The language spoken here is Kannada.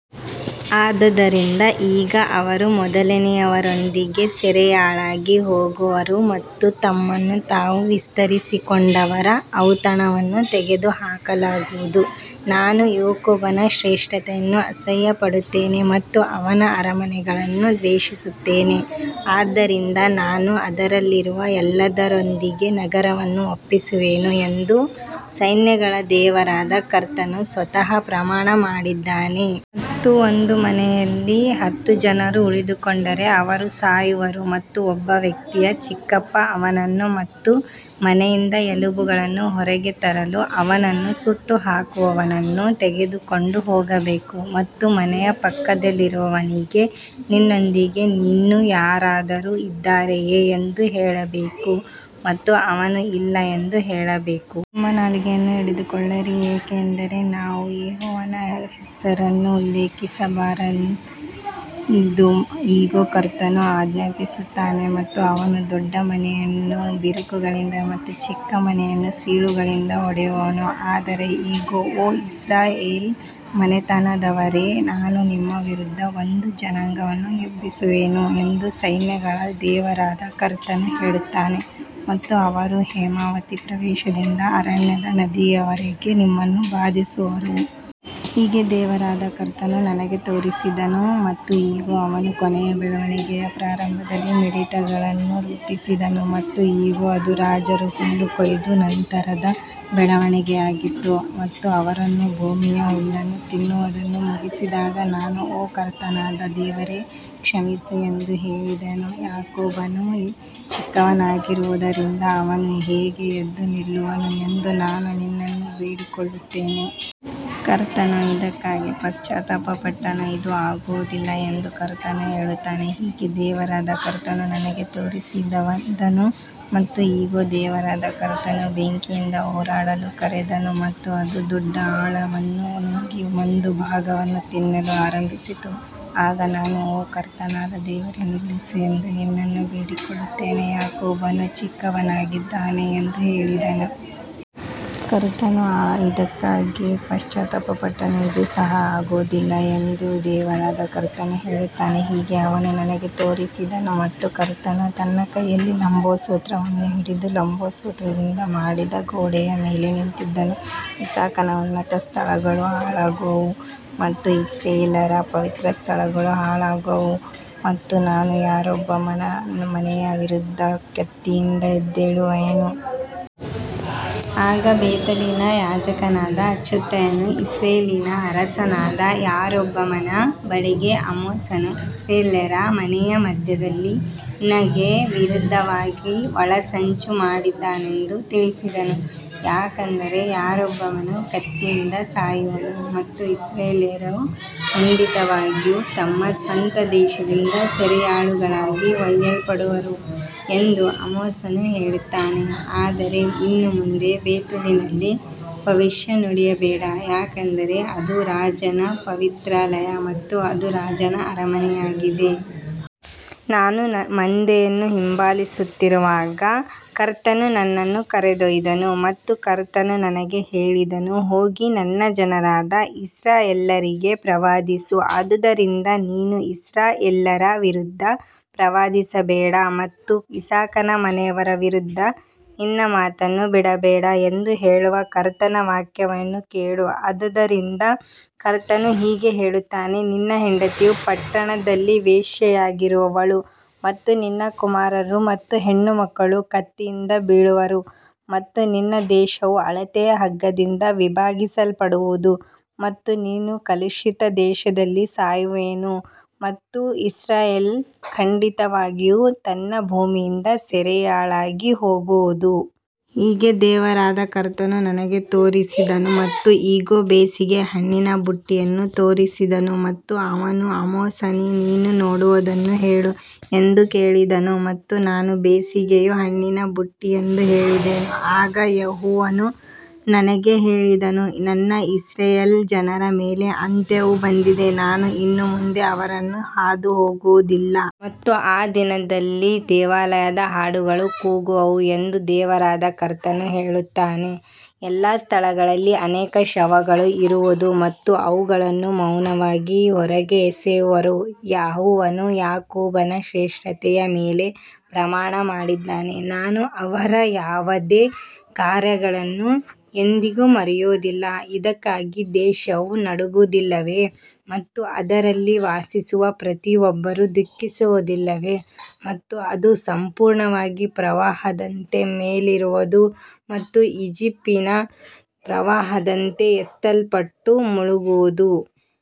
ಆದದರಿಂದ ಈಗ ಅವರು ಮೊದಲನೆಯವರೊಂದಿಗೆ ಸೆರೆಯಾಳಾಗಿ ಹೋಗುವರು ಮತ್ತು ತಮ್ಮನ್ನು ತಾವು ವಿಸ್ತರಿಸಿಕೊಂಡವರ ಔತಣವನ್ನು ತೆಗೆದುಹಾಕಲಾಗುವುದು. ನಾನು ಯಾಕೋಬನ ಶ್ರೇಷ್ಠತೆಯನ್ನು ಅಸಹ್ಯಪಡುತ್ತೇನೆ ಮತ್ತು ಅವನ ಅರಮನೆಗಳನ್ನು ದ್ವೇಷಿಸುತ್ತೇನೆ, ಆದ್ದರಿಂದ ನಾನು ಅದರಲ್ಲಿರುವ ಎಲ್ಲದರೊಂದಿಗೆ ನಗರವನ್ನು ಒಪ್ಪಿಸುವೆನು ಎಂದು ಸೈನ್ಯಗಳ ದೇವರಾದ ಕರ್ತನು ಸ್ವತಃ ಪ್ರಮಾಣ ಮಾಡಿದ್ದಾನೆ. ಮತ್ತು ಒಂದು ಮನೆಯಲ್ಲಿ ಹತ್ತು ಜನರು ಉಳಿದುಕೊಂಡರೆ ಅವರು ಸಾಯುವರು ಮತ್ತು ಒಬ್ಬ ವ್ಯಕ್ತಿಯ ಚಿಕ್ಕಪ್ಪ ಅವನನ್ನು ಮತ್ತು ಮನೆಯಿಂದ ಎಲುಬುಗಳನ್ನು ಹೊರಗೆ ತರಲು ಅವನನ್ನು ಸುಟ್ಟುಹಾಕುವವನನ್ನು ತೆಗೆದುಕೊಂಡು ಹೋಗಬೇಕು ಮತ್ತು ಮನೆಯ ಪಕ್ಕದಲ್ಲಿರುವವನಿಗೆ ನಿನ್ನೊಂದಿಗೆ ಇನ್ನೂ ಯಾರಾದರೂ ಇದ್ದಾರೆಯೇ ಎಂದು ಹೇಳಬೇಕು ಮತ್ತು ಅವನು ಇಲ್ಲ ಎಂದು ಹೇಳಬೇಕು. ನಿಮ್ಮ ನಾಲಿಗೆಯನ್ನು ಹಿಡಿದುಕೊಳ್ಳಿರಿ, ಏಕೆಂದರೆ ನಾವು ಯೆಹೋವನ ಹೆಸರನ್ನು ಉಲ್ಲೇಖಿಸಬಾರದು. ಯಾಕಂದರೆ ಇಗೋ, ಕರ್ತನು ಆಜ್ಞಾಪಿಸುತ್ತಾನೆ ಮತ್ತು ಅವನು ದೊಡ್ಡ ಮನೆಯನ್ನು ಬಿರುಕುಗಳಿಂದ ಮತ್ತು ಚಿಕ್ಕ ಮನೆಯನ್ನು ಸೀಳುಗಳಿಂದ ಹೊಡೆಯುವನು. ಆದರೆ ಇಗೋ, ಓ ಇಸ್ರಾಯೇಲ್ ಮನೆತನದವರೇ, ನಾನು ನಿಮ್ಮ ವಿರುದ್ಧ ಒಂದು ಜನಾಂಗವನ್ನು ಎಬ್ಬಿಸುವೆನು ಎಂದು ಸೈನ್ಯಗಳ ದೇವರಾದ ಕರ್ತನು ಹೇಳುತ್ತಾನೆ ಮತ್ತು ಅವರು ಹೇಮಾತಿನ ಪ್ರವೇಶದಿಂದ ಅರಣ್ಯದ ನದಿಯವರೆಗೆ ನಿಮ್ಮನ್ನು ಬಾಧಿಸುವರು. ಹೀಗೆ ದೇವರಾದ ಕರ್ತನು ನನಗೆ ತೋರಿಸಿದನು ಮತ್ತು ಇಗೋ, ಅವನು ಕೊನೆಯ ಬೆಳವಣಿಗೆಯ ಪ್ರಾರಂಭದಲ್ಲಿ ಮಿಡತೆಗಳನ್ನು ರೂಪಿಸಿದನು ಮತ್ತು ಇಗೋ, ಅದು ರಾಜರು ಹುಲ್ಲು ಕೊಯ್ದ ನಂತರದ ಬೆಳವಣಿಗೆಯಾಗಿತ್ತು. ಮತ್ತು ಅವರು ಭೂಮಿಯ ಹುಲ್ಲನ್ನು ತಿನ್ನುವುದನ್ನು ಮುಗಿಸಿದಾಗ ನಾನು, ಓ ಕರ್ತನಾದ ದೇವರೇ, ಕ್ಷಮಿಸು ಎಂದು ಹೇಳಿದೆನು, ಯಾಕೋಬನು ಚಿಕ್ಕವನಾಗಿರುವುದರಿಂದ ಅವನು ಹೇಗೆ ಎದ್ದು ನಿಲ್ಲುವನು ಎಂದು ನಾನು ನಿನ್ನನ್ನು ಬೇಡಿಕೊಳ್ಳುತ್ತೇನೆ. ಕರ್ತನು ಇದಕ್ಕಾಗಿ ಪಶ್ಚಾತ್ತಾಪಪಟ್ಟನು, ಇದು ಆಗುವುದಿಲ್ಲ ಎಂದು ಕರ್ತನು ಹೇಳುತ್ತಾನೆ. ಹೀಗೆ ದೇವರಾದ ಕರ್ತನು ನನಗೆ ತೋರಿಸಿದನು ಮತ್ತು ಇಗೋ, ದೇವರಾದ ಕರ್ತನು ಬೆಂಕಿಯಿಂದ ಹೋರಾಡಲು ಕರೆದನು ಮತ್ತು ಅದು ದೊಡ್ಡ ಆಳವನ್ನು ನುಂಗಿ ಒಂದು ಭಾಗವನ್ನು ತಿನ್ನಲು ಆರಂಭಿಸಿತು. ಆಗ ನಾನು, ಓ ಕರ್ತನಾದ ದೇವರೇ, ನಿಲ್ಲಿಸು ಎಂದು ನಿನ್ನನ್ನು ಬೇಡಿಕೊಳ್ಳುತ್ತೇನೆ, ಯಾಕೋಬನು ಚಿಕ್ಕವನಾಗಿದ್ದಾನೆ ಎಂದು ಹೇಳಿದೆನು. ಕರ್ತನು ಇದಕ್ಕಾಗಿ ಪಶ್ಚಾತ್ತಾಪಪಟ್ಟನು, ಇದು ಸಹ ಆಗುವುದಿಲ್ಲ ಎಂದು ದೇವರಾದ ಕರ್ತನು ಹೇಳುತ್ತಾನೆ. ಹೀಗೆ ಅವನು ನನಗೆ ತೋರಿಸಿದನು ಮತ್ತು ಕರ್ತನು ತನ್ನ ಕೈಯಲ್ಲಿ ಲಂಬಸೂತ್ರವನ್ನು ಹಿಡಿದು ಲಂಬಸೂತ್ರದಿಂದ ಮಾಡಿದ ಗೋಡೆಯ ಮೇಲೆ ನಿಂತಿದ್ದನು. ಇಸಾಕನ ಉನ್ನತ ಸ್ಥಳಗಳು ಹಾಳಾಗುವವು ಮತ್ತು ಇಸ್ರಾಯೇಲ್ಯರ ಪವಿತ್ರ ಸ್ಥಳಗಳು ಹಾಳಾಗುವವು ಮತ್ತು ನಾನು ಯಾರೊಬ್ಬಾಮನ ಮನೆಯ ವಿರುದ್ಧ ಕತ್ತಿಯಿಂದ ಎದ್ದೇಳುವೆನು. ಆಗ ಬೇತೇಲಿನ ಯಾಜಕನಾದ ಅಮಚ್ಯನು ಇಸ್ರಾಯೇಲಿನ ಅರಸನಾದ ಯಾರೊಬ್ಬಾಮನ ಬಳಿಗೆ ಆಮೋಸನು ಇಸ್ರಾಯೇಲ್ಯರ ಮನೆಯ ಮಧ್ಯದಲ್ಲಿ ನಿನಗೆ ವಿರುದ್ಧವಾಗಿ ಒಳಸಂಚು ಮಾಡಿದ್ದಾನೆಂದು ತಿಳಿಸಿದನು. ಯಾಕಂದರೆ ಯಾರೊಬ್ಬಾಮನು ಕತ್ತಿಯಿಂದ ಸಾಯುವನು ಮತ್ತು ಇಸ್ರಾಯೇಲ್ಯರು ಖಂಡಿತವಾಗಿಯೂ ತಮ್ಮ ಸ್ವಂತ ದೇಶದಿಂದ ಸೆರೆಯಾಳುಗಳಾಗಿ ಒಯ್ಯಲ್ಪಡುವರು ಎಂದು ಆಮೋಸನು ಹೇಳುತ್ತಾನೆ. ಆದರೆ ಇನ್ನು ಮುಂದೆ ಬೇತೇಲಿನಲ್ಲಿ ಭವಿಷ್ಯ ನುಡಿಯಬೇಡ, ಏಕೆಂದರೆ ಅದು ರಾಜನ ಪವಿತ್ರಾಲಯ ಮತ್ತು ಅದು ರಾಜನ ಅರಮನೆಯಾಗಿದೆ. ನಾನು ಮಂದೆಯನ್ನು ಹಿಂಬಾಲಿಸುತ್ತಿರುವಾಗ ಕರ್ತನು ನನ್ನನ್ನು ಕರೆದೊಯ್ದನು ಮತ್ತು ಕರ್ತನು ನನಗೆ ಹೇಳಿದನು, ಹೋಗಿ ನನ್ನ ಜನರಾದ ಇಸ್ರಾಯೇಲ್ಯರಿಗೆ ಪ್ರವಾದಿಸು. ಆದುದರಿಂದ ನೀನು ಇಸ್ರಾಯೇಲ್ಯರ ವಿರುದ್ಧ ಪ್ರವಾದಿಸಬೇಡ ಮತ್ತು ಇಸಾಕನ ಮನೆಯವರ ವಿರುದ್ಧ ನಿನ್ನ ಮಾತನ್ನು ಬಿಡಬೇಡ ಎಂದು ಹೇಳುವ ಕರ್ತನ ವಾಕ್ಯವನ್ನು ಕೇಳು. ಆದದರಿಂದ ಕರ್ತನು ಹೀಗೆ ಹೇಳುತ್ತಾನೆ, ನಿನ್ನ ಹೆಂಡತಿಯು ಪಟ್ಟಣದಲ್ಲಿ ವೇಶ್ಯೆಯಾಗಿರುವಳು ಮತ್ತು ನಿನ್ನ ಕುಮಾರರು ಮತ್ತು ಹೆಣ್ಣುಮಕ್ಕಳು ಕತ್ತಿಯಿಂದ ಬೀಳುವರು ಮತ್ತು ನಿನ್ನ ದೇಶವು ಅಳತೆಯ ಹಗ್ಗದಿಂದ ವಿಭಾಗಿಸಲ್ಪಡುವುದು ಮತ್ತು ನೀನು ಕಲುಷಿತ ದೇಶದಲ್ಲಿ ಸಾಯುವೆನು ಮತ್ತು ಇಸ್ರಾಯೇಲ್ ಖಂಡಿತವಾಗಿಯೂ ತನ್ನ ಭೂಮಿಯಿಂದ ಸೆರೆಯಾಳಾಗಿ ಹೋಗುವುದು. ಹೀಗೆ ದೇವರಾದ ಕರ್ತನು ನನಗೆ ತೋರಿಸಿದನು ಮತ್ತು ಇಗೋ, ಬೇಸಿಗೆಯ ಹಣ್ಣಿನ ಬುಟ್ಟಿಯನ್ನು ತೋರಿಸಿದನು. ಮತ್ತು ಅವನು, ಆಮೋಸನೇ, ನೀನು ನೋಡುವುದನ್ನು ಹೇಳು ಎಂದು ಕೇಳಿದನು ಮತ್ತು ನಾನು, ಬೇಸಿಗೆಯ ಹಣ್ಣಿನ ಬುಟ್ಟಿ ಎಂದು ಹೇಳಿದೆನು. ಆಗ ಯೆಹೋವನು ನನಗೆ ಹೇಳಿದನು, ನನ್ನ ಇಸ್ರಾಯೇಲ್ ಜನರ ಮೇಲೆ ಅಂತ್ಯವು ಬಂದಿದೆ, ನಾನು ಇನ್ನು ಮುಂದೆ ಅವರನ್ನು ಹಾದುಹೋಗುವುದಿಲ್ಲ. ಮತ್ತು ಆ ದಿನದಲ್ಲಿ ದೇವಾಲಯದ ಹಾಡುಗಳು ಕೂಗುವವು ಎಂದು ದೇವರಾದ ಕರ್ತನು ಹೇಳುತ್ತಾನೆ, ಎಲ್ಲಾ ಸ್ಥಳಗಳಲ್ಲಿ ಅನೇಕ ಶವಗಳು ಇರುವುದು ಮತ್ತು ಅವುಗಳನ್ನು ಮೌನವಾಗಿ ಹೊರಗೆ ಎಸೆಯುವರು. ಯೆಹೋವನು ಯಾಕೋಬನ ಶ್ರೇಷ್ಠತೆಯ ಮೇಲೆ ಪ್ರಮಾಣ ಮಾಡಿದ್ದಾನೆ, ನಾನು ಅವರ ಯಾವುದೇ ಕಾರ್ಯಗಳನ್ನು ಎಂದಿಗೂ ಮರೆಯುವುದಿಲ್ಲ. ಇದಕ್ಕಾಗಿ ದೇಶವು ನಡುಗುವುದಿಲ್ಲವೇ ಮತ್ತು ಅದರಲ್ಲಿ ವಾಸಿಸುವ ಪ್ರತಿಯೊಬ್ಬರೂ ದುಃಖಿಸುವುದಿಲ್ಲವೇ ಮತ್ತು ಅದು ಸಂಪೂರ್ಣವಾಗಿ ಪ್ರವಾಹದಂತೆ ಮೇಲೇರುವುದು ಮತ್ತು ಈಜಿಪ್ಟಿನ ಪ್ರವಾಹದಂತೆ ಎತ್ತಲ್ಪಟ್ಟು ಮುಳುಗುವುದು.